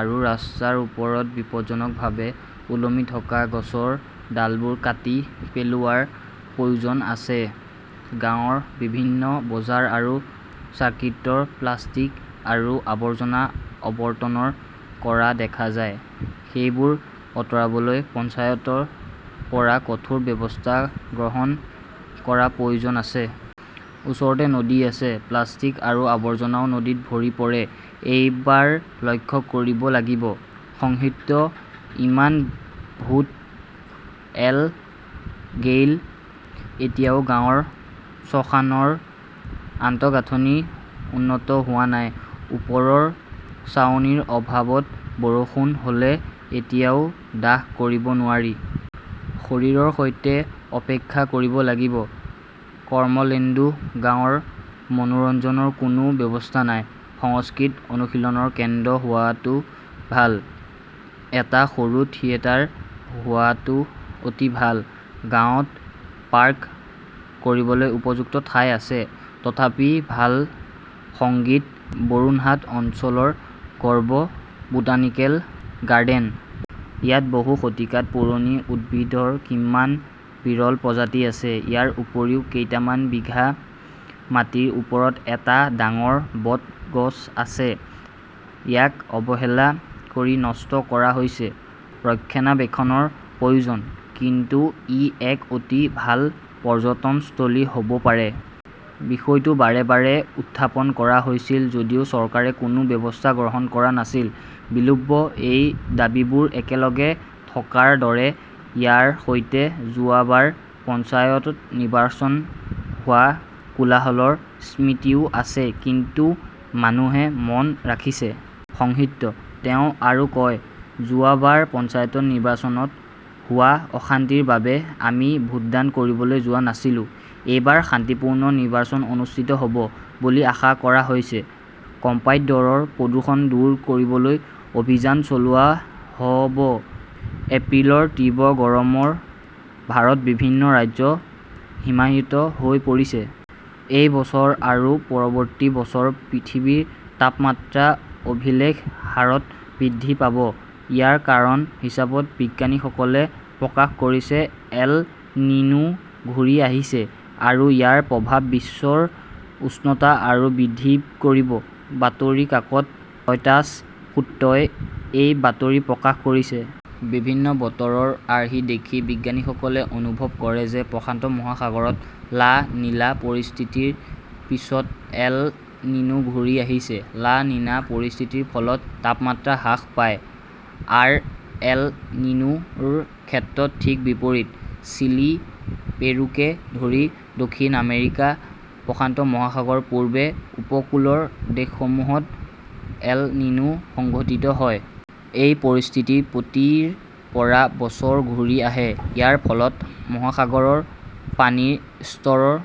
আৰু ৰাস্তাৰ ওপৰত বিপদজনকভাৱে ওলমি থকা গছৰ ডালবোৰ কাটি পেলোৱাৰ প্ৰয়োজন আছে। গাঁৱৰ বিভিন্ন বজাৰ আৰু চাৰ্কিটত প্লাষ্টিক আৰু আৱৰ্জনা অৱতৰণ কৰা দেখা যায়। সেইবোৰ অতৰাবলৈ পঞ্চায়তৰ পৰা কঠোৰ ব্যৱস্থা গ্ৰহণ কৰাৰ প্ৰয়োজন আছে। ওচৰতে নদী আছে। প্লাষ্টিক্স আৰু আৱৰ্জনাও নদীত ভৰি পৰে। এইবাৰ লক্ষ্য কৰিব লাগিব। সঙ্গীতঃ ইমান ভোট এল-গেইল, এতিয়াও গাঁৱৰ শ্মশানৰ আন্তঃগাঁথনি উন্নত হোৱা নাই। ওপৰৰ ছাউনিৰ অভাৱত বৰষুণ হ "লে এতিয়াও দাহ কৰিব নোৱাৰি। শৰীৰৰ সৈতে অপেক্ষা কৰিব লাগিব। কৰ্মলেন্দুঃ গাঁৱত মনোৰঞ্জনৰ কোনো ব্যৱস্থা নাই। সাংস্কৃতিক অনুশীলনৰ কেন্দ্ৰ হোৱাটো ভাল। এটা সৰু থিয়েটাৰ হোৱাটো অতি ভাল। গাঁৱত পাৰ্ক কৰিবলৈ উপযুক্ত ঠাই আছে, তথাপি ভাল। সংগীতঃ বৰুণহাট অঞ্চলৰ গৰ্ব বোটানিকেল গাৰ্ডেন। ইয়াত বহু শতিকা পুৰণি উদ্ভিদৰ কিমান বিৰল প্ৰজাতি আছে। ইয়াৰ উপৰিও কেইটামান বিঘা মাটিৰ ওপৰত এটা ডাঙৰ বট গছ আছে। ইয়াক অৱহেলা কৰি নষ্ট কৰা হৈছে। ৰক্ষণাবেক্ষণৰ প্ৰয়োজন। কিন্তু ই এক অতি ভাল পৰ্যটনস্থলী হ "ব পাৰে। বিষয়টো বাৰে বাৰে উত্থাপন কৰা হৈছিল যদিও চৰকাৰে কোনো ব্যৱস্থা গ্ৰহণ কৰা নাছিল। বিলু ৱঃ এই দাবীবোৰ একেলগে থকাৰ দৰে, ইয়াৰ সৈতে যোৱা বাৰ পঞ্চায়ত নিৰ্বাচনত হোৱা কোলাহলৰ স্মৃতিও আছে কিন্তু মানুহে মনত ৰাখিছে। সঙ্গীতঃ তেওঁ আৰু কয়, যোৱা বাৰ পঞ্চায়ত নিৰ্বাচনত হোৱা অশান্তিৰ বাবে আমি ভোটদান কৰিবলৈ যোৱা নাছিলো। এইবাৰ শান্তিপূৰ্ণ নিৰ্বাচন অনুষ্ঠিত হ "ব বুলি আশা কৰা হৈছে। ক্মপাই দৰৰ প্ৰদূষণ দূৰ কৰিবলৈ অভিযান চলোৱা হ "ব" এপ্ৰিলৰ তীব্ৰ গৰমত ভাৰতৰ বিভিন্ন ৰাজ্য হিমায়িত হৈ পৰিছে। এই বছৰ আৰু পৰৱৰ্তী বছৰত পৃথিৱীৰ তাপমাত্ৰা অভিলেখ হাৰত বৃদ্ধি পাব। ইয়াৰ কাৰণ হিচাপে বিজ্ঞানীসকলে প্ৰকাশ কৰিছে, 'এল নিনো "ঘূৰি আহিছে। আৰু ইয়াৰ প্ৰভাৱে বিশ্বৰ উষ্ণতা আৰু বৃদ্ধি কৰিব। বাতৰি কাকত ৰয়টাৰ্ছৰ সূত্ৰই এই বাতৰি প্ৰকাশ কৰিছে। বিভিন্ন বতৰৰ আৰ্হি দেখি বিজ্ঞানীসকলে অনুভৱ কৰে যে প্ৰশান্ত মহাসাগৰত লা নিলা পৰিস্থিতিৰ পিছত এল নিনো ঘূৰি আহিছে। লা নিনা পৰিস্থিতিৰ ফলত তাপমাত্ৰা হ্ৰাস পায়। আৰ 'এল নিনো' ৰ ক্ষেত্ৰত ঠিক বিপৰীত। চিলি, পেৰুকে ধৰি দক্ষিণ আমেৰিকাৰ প্ৰশান্ত মহাসাগৰৰ পূৰ্বে উপকূলৰ দেশসমূহত 'এল নিনো "সংঘটিত হয়। এই পৰিস্থিতি প্ৰতি ৰ পৰা বছৰত ঘূৰি আহে। ইয়াৰ ফলত মহাসাগৰৰ পানীৰ স্তৰৰ